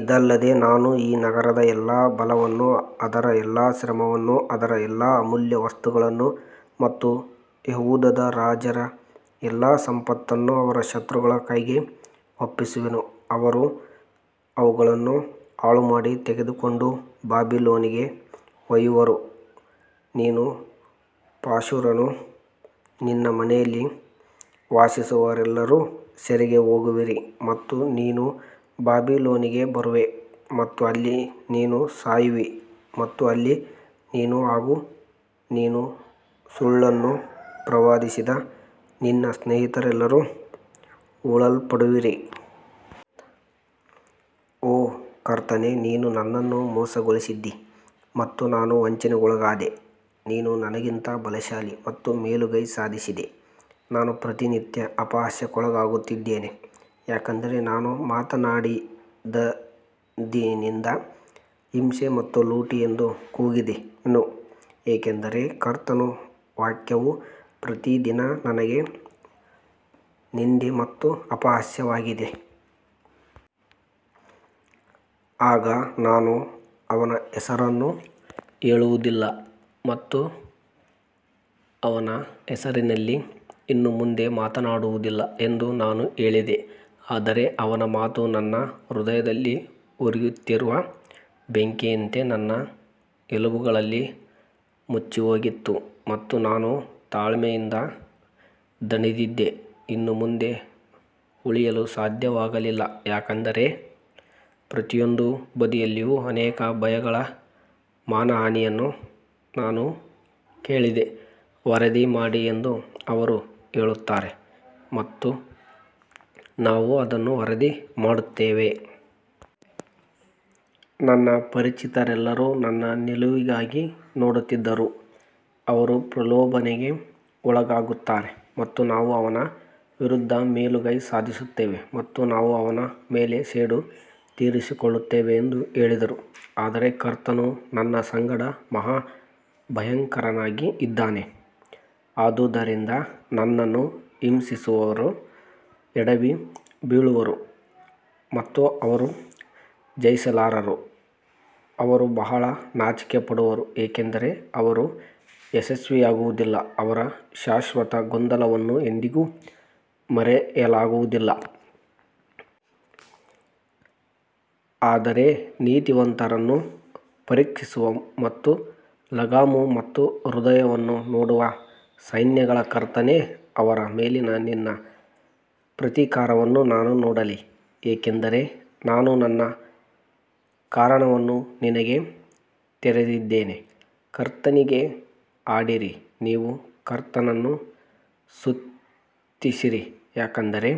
ಇದಲ್ಲದೆ ನಾನು ಈ ನಗರದ ಎಲ್ಲಾ ಬಲವನ್ನೂ ಅದರ ಎಲ್ಲಾ ಶ್ರಮವನ್ನೂ ಅದರ ಎಲ್ಲಾ ಅಮೂಲ್ಯ ವಸ್ತುಗಳನ್ನು ಮತ್ತು ಯೆಹೂದದ ರಾಜರ ಎಲ್ಲಾ ಸಂಪತ್ತನ್ನು ಅವರ ಶತ್ರುಗಳ ಕೈಗೆ ಒಪ್ಪಿಸುವೆನು, ಅವರು ಅವುಗಳನ್ನು ಹಾಳುಮಾಡಿ ತೆಗೆದುಕೊಂಡು ಬಾಬಿಲೋನಿಗೆ ಒಯ್ಯುವರು. ನೀನು ಪಾಶೂರನೂ ನಿನ್ನ ಮನೆಯಲ್ಲಿ ವಾಸಿಸುವವರೆಲ್ಲರೂ ಸೆರೆಗೆ ಹೋಗುವಿರಿ ಮತ್ತು ನೀನು ಬಾಬಿಲೋನಿಗೆ ಬರುವೆ ಮತ್ತು ಅಲ್ಲಿ ನೀನು ಸಾಯುವಿ ಮತ್ತು ಅಲ್ಲಿ ನೀನು ಹಾಗೂ ನೀನು ಸುಳ್ಳನ್ನು ಪ್ರವಾದಿಸಿದ ನಿನ್ನ ಸ್ನೇಹಿತರೆಲ್ಲರೂ ಹೂಳಲ್ಪಡುವಿರಿ. ಓ ಕರ್ತನೇ, ನೀನು ನನ್ನನ್ನು ಮೋಸಗೊಳಿಸಿದ್ದೀ ಮತ್ತು ನಾನು ವಂಚನೆಗೊಳಗಾದೆ, ನೀನು ನನಗಿಂತ ಬಲಶಾಲಿ ಮತ್ತು ಮೇಲುಗೈ ಸಾಧಿಸಿದೆ, ನಾನು ಪ್ರತಿನಿತ್ಯ ಅಪಹಾಸ್ಯಕ್ಕೊಳಗಾಗುತ್ತಿದ್ದೇನೆ. ಯಾಕಂದರೆ ನಾನು ಮಾತನಾಡಿದಂದಿನಿಂದ ಹಿಂಸೆ ಮತ್ತು ಲೂಟಿ ಎಂದು ಕೂಗಿದೆನು, ಏಕೆಂದರೆ ಕರ್ತನ ವಾಕ್ಯವು ಪ್ರತಿದಿನ ನನಗೆ ನಿಂದೆ ಮತ್ತು ಅಪಹಾಸ್ಯವಾಗಿದೆ. ಆಗ ನಾನು ಅವನ ಹೆಸರನ್ನು ಹೇಳುವುದಿಲ್ಲ ಮತ್ತು ಅವನ ಹೆಸರಿನಲ್ಲಿ ಇನ್ನು ಮುಂದೆ ಮಾತನಾಡುವುದಿಲ್ಲ ಎಂದು ನಾನು ಹೇಳಿದೆ, ಆದರೆ ಅವನ ಮಾತು ನನ್ನ ಹೃದಯದಲ್ಲಿ ಉರಿಯುತ್ತಿರುವ ಬೆಂಕಿಯಂತೆ ನನ್ನ ಎಲುಬುಗಳಲ್ಲಿ ಮುಚ್ಚಿಹೋಗಿತ್ತು ಮತ್ತು ನಾನು ತಾಳ್ಮೆಯಿಂದ ದಣಿದಿದ್ದೆ, ಇನ್ನು ಮುಂದೆ ಉಳಿಯಲು ಸಾಧ್ಯವಾಗಲಿಲ್ಲ. ಯಾಕಂದರೆ ಪ್ರತಿಯೊಂದು ಬದಿಯಲ್ಲಿಯೂ ಅನೇಕ ಭಯಗಳ ಮಾನಹಾನಿಯನ್ನು ನಾನು ಕೇಳಿದೆ, ವರದಿ ಮಾಡಿ ಎಂದು ಅವರು ಹೇಳುತ್ತಾರೆ ಮತ್ತು ನಾವು ಅದನ್ನು ವರದಿ ಮಾಡುತ್ತೇವೆ. ನನ್ನ ಪರಿಚಿತರೆಲ್ಲರೂ ನನ್ನ ನಿಲುವಿಗಾಗಿ ನೋಡುತ್ತಿದ್ದರು, ಅವರು ಪ್ರಲೋಭನೆಗೆ ಒಳಗಾಗುತ್ತಾರೆ ಮತ್ತು ನಾವು ಅವನ ವಿರುದ್ಧ ಮೇಲುಗೈ ಸಾಧಿಸುತ್ತೇವೆ ಮತ್ತು ನಾವು ಅವನ ಮೇಲೆ ಸೇಡು ತೀರಿಸಿಕೊಳ್ಳುತ್ತೇವೆ ಎಂದು ಹೇಳಿದರು. ಆದರೆ ಕರ್ತನು ನನ್ನ ಸಂಗಡ ಮಹಾ ಭಯಂಕರನಾಗಿ ಇದ್ದಾನೆ, ಆದುದರಿಂದ ನನ್ನನ್ನು ಹಿಂಸಿಸುವವರು ಎಡವಿ ಬೀಳುವರು ಮತ್ತು ಅವರು ಜಯಿಸಲಾರರು, ಅವರು ಬಹಳ ನಾಚಿಕೆಪಡುವರು, ಏಕೆಂದರೆ ಅವರು ಯಶಸ್ವಿಯಾಗುವುದಿಲ್ಲ, ಅವರ ಶಾಶ್ವತ ಗೊಂದಲವನ್ನು ಎಂದಿಗೂ ಮರೆಯಲಾಗುವುದಿಲ್ಲ. ಆದರೆ ನೀತಿವಂತರನ್ನು ಪರೀಕ್ಷಿಸುವ ಮತ್ತು ಲಗಾಮು ಮತ್ತು ಹೃದಯವನ್ನು ನೋಡುವ ಸೈನ್ಯಗಳ ಕರ್ತನೇ, ಅವರ ಮೇಲಿನ ನಿನ್ನ ಪ್ರತೀಕಾರವನ್ನು ನಾನು ನೋಡಲಿ, ಏಕೆಂದರೆ ನಾನು ನನ್ನ ಕಾರಣವನ್ನು ನಿನಗೆ ತೆರೆದಿದ್ದೇನೆ. ಕರ್ತನಿಗೆ ಹಾಡಿರಿ, ನೀವು ಕರ್ತನನ್ನು ಸ್ತುತಿಸಿರಿ, ಯಾಕಂದರೆ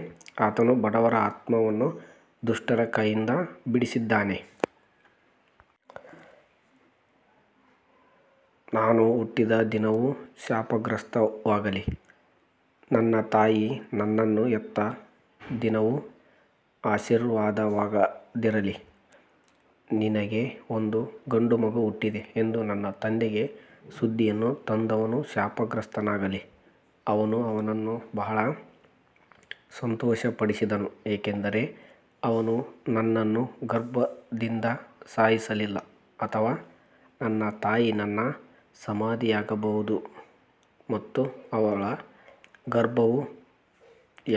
ಆತನು ಬಡವರ ಆತ್ಮವನ್ನು ದುಷ್ಟರ ಕೈಯಿಂದ ಬಿಡಿಸಿದ್ದಾನೆ. ನಾನು ಹುಟ್ಟಿದ ದಿನವು ಶಾಪಗ್ರಸ್ತವಾಗಲಿ, ನನ್ನ ತಾಯಿ ನನ್ನನ್ನು ಹೆತ್ತ ದಿನವು ಆಶೀರ್ವಾದವಾಗದಿರಲಿ. ನಿನಗೆ ಒಂದು ಗಂಡುಮಗು ಹುಟ್ಟಿದೆ ಎಂದು ನನ್ನ ತಂದೆಗೆ ಸುದ್ದಿಯನ್ನು ತಂದವನು ಶಾಪಗ್ರಸ್ತನಾಗಲಿ, ಅವನು ಅವನನ್ನು ಬಹಳ ಸಂತೋಷಪಡಿಸಿದನು. ಏಕೆಂದರೆ ಅವನು ನನ್ನನ್ನು ಗರ್ಭದಿಂದ ಸಾಯಿಸಲಿಲ್ಲ ಅಥವಾ ನನ್ನ ತಾಯಿ ನನ್ನ ಸಮಾಧಿಯಾಗಿರಬಹುದು ಮತ್ತು ಅವಳ ಗರ್ಭವು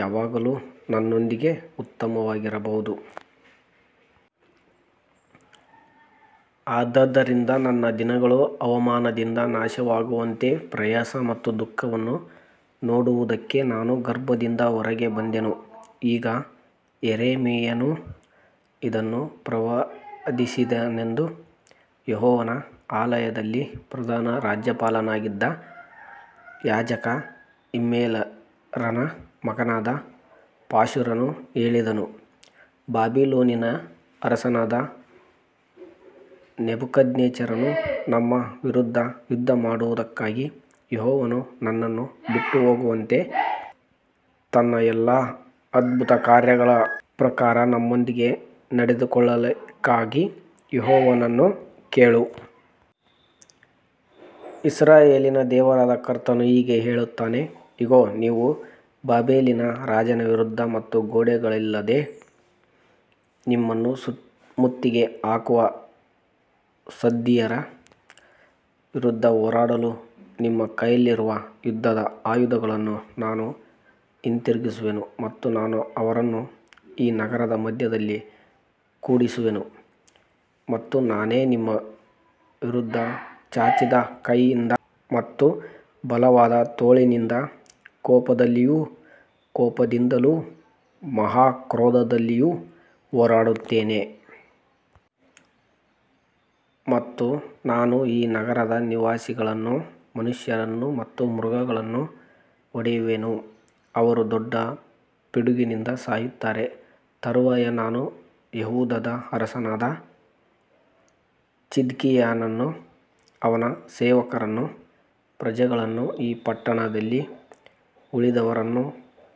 ಯಾವಾಗಲೂ ನನ್ನೊಂದಿಗೆ ಉತ್ತಮವಾಗಿರಬಹುದು. ಆದದರಿಂದ ನನ್ನ ದಿನಗಳು ಅವಮಾನದಿಂದ ನಾಶವಾಗುವಂತೆ ಪ್ರಯಾಸ ಮತ್ತು ದುಃಖವನ್ನು ನೋಡುವುದಕ್ಕೆ ನಾನು ಗರ್ಭದಿಂದ ಹೊರಗೆ ಬಂದೆನು. ಈಗ ಯೆರೆಮೀಯನು ಇದನ್ನು ಪ್ರವಾದಿಸಿದನೆಂದು ಯೆಹೋವನ ಆಲಯದಲ್ಲಿ ಪ್ರಧಾನ ರಾಜ್ಯಪಾಲನಾಗಿದ್ದ ಯಾಜಕ ಇಮ್ಮೇರನ ಮಗನಾದ ಪಾಶೂರನು ಕೇಳಿದನು. ಬಾಬಿಲೋನಿನ ಅರಸನಾದ ನೆಬೂಕದ್ನೆಚ್ಚರನು ನಮ್ಮ ವಿರುದ್ಧ ಯುದ್ಧಮಾಡುವದಕ್ಕಾಗಿ ಯೆಹೋವನು ನಮ್ಮನ್ನು ಬಿಟ್ಟುಹೋಗುವಂತೆ ತನ್ನ ಎಲ್ಲಾ ಅದ್ಭುತಕಾರ್ಯಗಳ ಪ್ರಕಾರ ನಮ್ಮೊಂದಿಗೆ ನಡೆದುಕೊಳ್ಳಲಿಕ್ಕಾಗಿ ಯೆಹೋವನನ್ನು ಕೇಳು. ಇಸ್ರಾಯೇಲಿನ ದೇವರಾದ ಕರ್ತನು ಹೀಗೆ ಹೇಳುತ್ತಾನೆ, ಇಗೋ, ನೀವು ಬಾಬೆಲಿನ ರಾಜನ ವಿರುದ್ಧ ಮತ್ತು ಗೋಡೆಗಳಿಲ್ಲದೆ ನಿಮ್ಮನ್ನು ಮುತ್ತಿಗೆ ಹಾಕುವ ಕಸ್ದೀಯರ ವಿರುದ್ಧ ಹೋರಾಡಲು ನಿಮ್ಮ ಕೈಯಲ್ಲಿರುವ ಯುದ್ಧದ ಆಯುಧಗಳನ್ನು ನಾನು ಹಿಂತಿರುಗಿಸುವೆನು ಮತ್ತು ನಾನು ಅವರನ್ನು ಈ ನಗರದ ಮಧ್ಯದಲ್ಲಿ ಕೂಡಿಸುವೆನು. ಮತ್ತು ನಾನೇ ನಿಮ್ಮ ವಿರುದ್ಧ ಚಾಚಿದ ಕೈಯಿಂದ ಮತ್ತು ಬಲವಾದ ತೋಳಿನಿಂದ ಕೋಪದಲ್ಲಿಯೂ ಕೋಪದಿಂದಲೂ ಮಹಾಕ್ರೋಧದಲ್ಲಿಯೂ ಹೋರಾಡುತ್ತೇನೆ. ಮತ್ತು ನಾನು ಈ ನಗರದ ನಿವಾಸಿಗಳನ್ನು, ಮನುಷ್ಯರನ್ನು ಮತ್ತು ಮೃಗಗಳನ್ನು ಹೊಡೆಯುವೆನು, ಅವರು ದೊಡ್ಡ ಪಿಡುಗಿನಿಂದ ಸಾಯುತ್ತಾರೆ. ತರುವಾಯ ನಾನು ಯೆಹೂದದ ಅರಸನಾದ ಚಿದ್ಕೀಯನನ್ನೂ ಅವನ ಸೇವಕರನ್ನೂ ಪ್ರಜೆಗಳನ್ನೂ ಈ ಪಟ್ಟಣದಲ್ಲಿ ಉಳಿದವರನ್ನೂ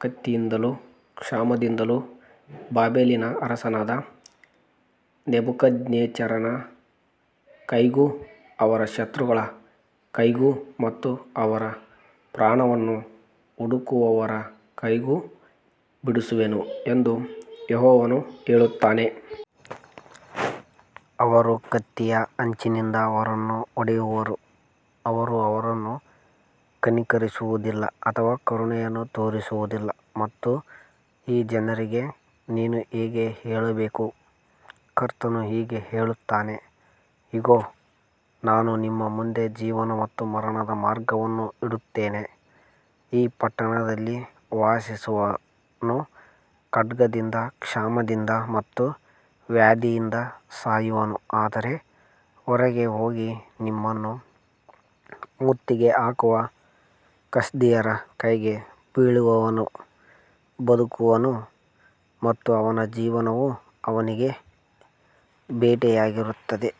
ಕತ್ತಿಯಿಂದಲೂ ಕ್ಷಾಮದಿಂದಲೂ ಬಾಬೆಲಿನ ಅರಸನಾದ ನೆಬೂಕದ್ನೆಚ್ಚರನ ಕೈಗೂ ಅವರ ಶತ್ರುಗಳ ಕೈಗೂ ಮತ್ತು ಅವರ ಪ್ರಾಣವನ್ನು ಹುಡುಕುವವರ ಕೈಗೂ ಬಿಡಿಸುವೆನು ಎಂದು ಯೆಹೋವನು ಹೇಳುತ್ತಾನೆ. ಅವರು ಕತ್ತಿಯ ಅಂಚಿನಿಂದ ಅವರನ್ನು ಹೊಡೆಯುವರು, ಅವರು ಅವರನ್ನು ಕನಿಕರಿಸುವುದಿಲ್ಲ ಅಥವಾ ಕರುಣೆಯನ್ನು ತೋರಿಸುವುದಿಲ್ಲ. ಮತ್ತು ಈ ಜನರಿಗೆ ನೀನು ಹೀಗೆ ಹೇಳಬೇಕು, ಕರ್ತನು ಹೀಗೆ ಹೇಳುತ್ತಾನೆ, ಇಗೋ, ನಾನು ನಿಮ್ಮ ಮುಂದೆ ಜೀವನ ಮತ್ತು ಮರಣದ ಮಾರ್ಗವನ್ನು ಇಡುತ್ತೇನೆ. ಈ ಪಟ್ಟಣದಲ್ಲಿ ವಾಸಿಸುವವನು ಖಡ್ಗದಿಂದ, ಕ್ಷಾಮದಿಂದ ಮತ್ತು ವ್ಯಾಧಿಯಿಂದ ಸಾಯುವನು, ಆದರೆ ಹೊರಗೆ ಹೋಗಿ ನಿಮ್ಮನ್ನು ಮುತ್ತಿಗೆ ಹಾಕುವ ಕಸ್ದೀಯರ ಕೈಗೆ ಬೀಳುವವನು ಬದುಕುವನು ಮತ್ತು ಅವನ ಜೀವನವು ಅವನಿಗೆ ಬೇಟೆಯಾಗಿರುತ್ತದೆ.